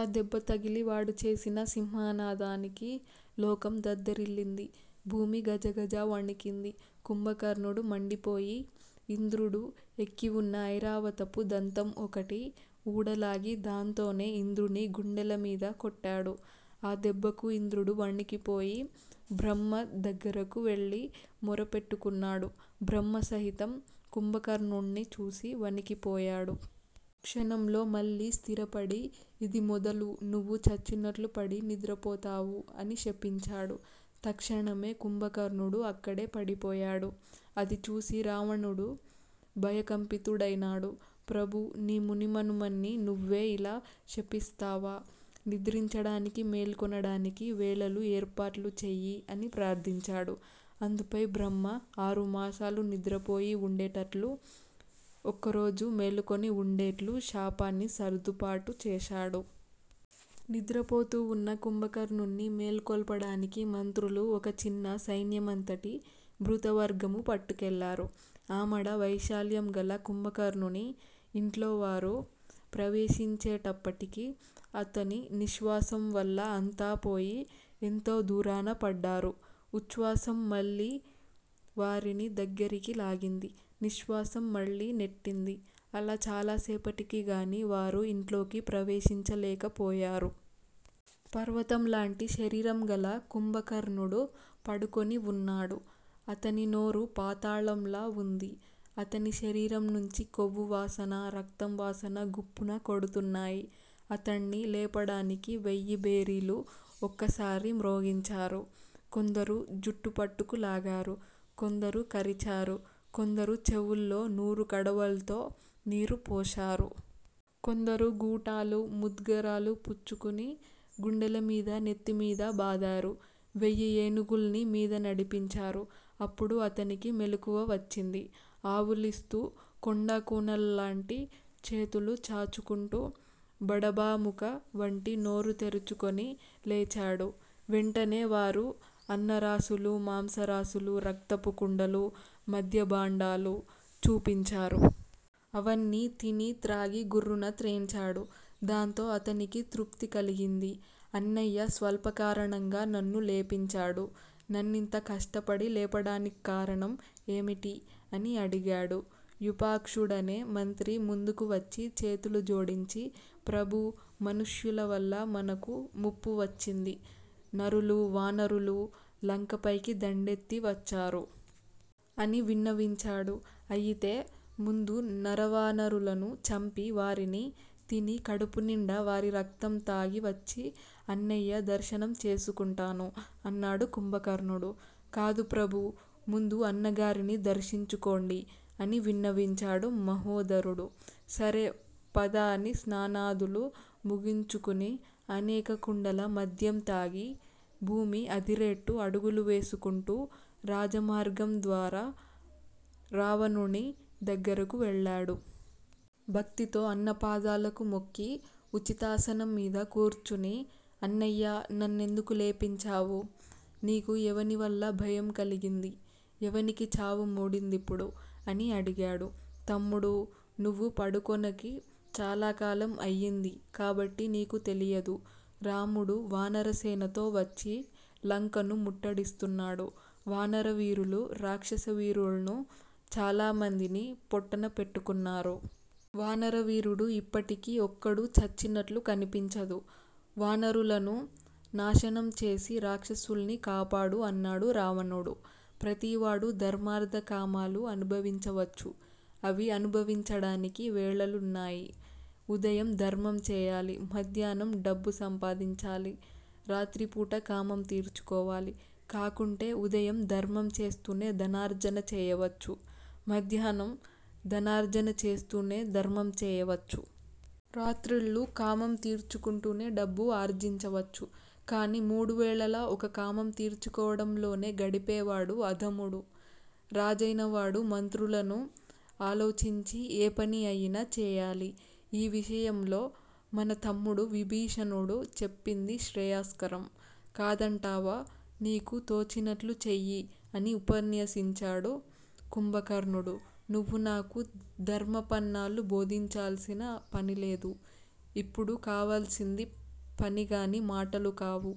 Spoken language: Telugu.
ఆ దెబ్బతగిలి వాడు చేసిన సింహనాదానికి లోకం దద్దరిల్లింది. భూమి గజగజా వణికింది. కుంభకర్ణుడు మండిపోయి ఇంద్రుడు ఎక్కి వున్న ఐరావతపు దంతం ఒకటి ఊడలాగి దాంతోనే ఇంద్రుని గుండెలమీద కొట్టాడు. ఆ దెబ్బకు ఇంద్రుడు వణికిపోయి బ్రహ్మ దగ్గరకు వెళ్లి మొరపెట్టకున్నాడు. బ్రహ్మ సహితం కుంభకర్ణుణ్ణి చూసి వణికిపోయాడు. క్షణంలో మళ్లీ స్థిరపడి ఇది మొదలు నువ్వు చచ్చినట్లుపడి నిద్రపోతావు అని శపించాడు. తక్షణమే కుంభకర్ణుడు అక్కడే పడిపోయాడు. అది చూసి రావణుడు భయకంపితుడైనాడు. ప్రభూ! నీ ముని మనుమణ్ని నువ్వే ఇలా శపిస్తావా? నిద్రించడానికి మేల్కొనడానికి వేళలు ఏర్పాట్లు చెయ్యి అని ప్రార్దించాడు. అందుపై బ్రహ్మ 'ఆరు మాసాలు నిద్రపోయి వుండేటట్లూ, ఒక్కరోజు మేలుకొని వుండేట్లూ, శాపాన్ని సర్దుపాటు చేశాడు. నిద్రపోతూ వున్న కుంభకర్ణుణ్ని మేల్కొల్పడానికి మంత్రులూ, ఒక చిన్న సైన్యమంతటి భృతవర్గమూ పట్టుకెళ్లారు. ఆమడ వైశాల్యంగల కుంభకర్ణుని ఇంట్లోవారు ప్రవేశించేటప్పటికి అతని నిశ్శ్వాసం వల్ల అంతా పోయి ఎంతో దూరాన పడ్డారు. ఉచ్చ్వాసం మళ్లీ వారిని దగ్గరికి లాగింది. నిశ్శ్వాసం మళ్లీ నెట్టింది. అలా చాలా సేపటికిగాని వారు ఇంట్లోకి ప్రవేశించలేకపోయారు. పర్వతంలాంటి శరీరంగల కుంభకర్ణుడు పడుకుని వున్నాడు. అతని నోరు పాతాళంలా వుంది. అతని శరీరం నుంచి కొవ్వు వాసనా, రక్తం వాసనా గుప్పున కొడుతున్నాయి. అతణ్ని లేపడానికి వెయ్యిభేరీలు ఒక్కసారి మ్రోగించారు. కొందరు జుట్టు పట్టుకులాగారు. కొందరు కరిచారు. కొందరు చెవుల్లో నూరుకడవల్తో నీరు పోశారు. కొందరు గూటాలూ ముద్గరాలూ పుచ్చుకుని గుండెలమీదా నెత్తి మీదా బాదారు. వెయ్యి ఏనుగుల్ని మీద నడిపించారు. అప్పుడు అతనికి మెలకువ వచ్చింది. ఆవులిస్తూ, కొండకొనల్లాంటి చేతులు చాచుకుంటూ, బడబాముఖ వంటి నోరు తెరుచుకొని లేచాడు. వెంటనే వారు అన్నరాసులూ, మాంసరాసులూ, రక్తపు కుండలూ, మద్యభాండాలూ చూపించారు. అవన్నీ తిని త్రాగీ గుర్రున త్రేన్చాడు. దాంతో అతనికి తృప్తి కలిగింది. అన్నయ్య స్వల్పకారణంగా నన్ను లేపించాడు. నన్నింత కష్టపడి లేపడానిక్కారణం ఏమిటి? అని అడిగాడు. యూపాక్షుడనే మంత్రి ముందుకు వచ్చి చేతులు జోడించి ప్రభూ! మనుష్యులవల్ల మనకు ముప్పువచ్చింది. నరులూ, వానరులూ, లంక పైకి దండెత్తి వచ్చారు. ' అని విన్నవించాడు. అయితే ముందు నరవానరులను చంపి వారిని తిని కడుపునిండా వారి రక్తం తాగివచ్చి అన్నయ్య దర్శనం చేసుకుంటాను అన్నాడు కుంభకర్ణుడు. కాదు ప్రభూ! ముందు అన్నగారిని దర్శించుకోండి అని విన్నవించాడు మహోదరుడు. సరే, పద అని స్నానాదులు ముగించుకుని అనేక కుండల మద్యం తాగి భూమి అదిరేట్టు అడుగులు వేసుకుంటూ రాజమార్గం ద్వారా రావణుని దగ్గరకు వెళ్లాడు. భక్తితో అన్నపాదాలకు మొక్కి ఉచితాసనం మీద కూర్చుని అన్నయ్యా! నన్నెందుకు లేపించావు? నీకు ఎవనివల్ల భయం కలిగింది? ఎవనికి చావు మూడిందిప్పుడు? అని అడిగాడు. తమ్ముడూ! నువ్వు పడుకొనకి చాలాకాలం అయింది. కాబట్టి నీకు తెలియదు. రాముడు వానరసేనతో వచ్చి లంకను ముట్టడిస్తున్నాడు. వానరవీరులు రాక్షస వీరుల్ను చాలమందిని పొట్టనపెట్టుకున్నారు. వానర వీరుడు ఇప్పటికి ఒక్కడూ చచ్చినట్లు కనిపించదు. వానరులను నాశనం చేసి రాక్షసుల్ని కాపాడు అన్నాడు రావణుడు. ప్రతివాడూ ధర్మార్దకామాలు అనుభవించవచ్చు. అవి అనుభవించడానికి వేళలున్నాయి. ఉదయం ధర్మంచేయాలి. మధ్యాహ్నం డబ్బు సంపాదించాలి. రాత్రిపూట కామం తీర్చుకోవాలి. కాకుంటే ఉదయం ధర్మంచేస్తూనే ధనార్జనచేయవచ్చు. మధ్యాహ్నం ధనార్జనచేస్తూనే ధర్మం చేయవచ్చు. రాత్రిళ్ళు కామం తీర్చుకుంటూనే డబ్బు ఆర్జించవచ్చు. కాని మూడువేళలా ఒక్క కామం తీర్చుకోవడంలోనే గడిపేవాడు అధముడు. రాజైనవాడు మంత్రులను ఆలోచించి ఏ పని అయినా చేయాలి. ఈ విషయంలో మన తమ్ముడు విభీషణుడు చెప్పింది శ్రేయస్కరం. కాదంటావా నీకు తోచినట్లు చెయ్యి అని ఉపన్యసించాడు కుంభకర్ణుడు. నువ్వు నాకు ధర్మపన్నాలు బోధించాల్సిన పనిలేదు. ఇప్పుడు కావాల్సింది. పనిగాని మాటలుకావు.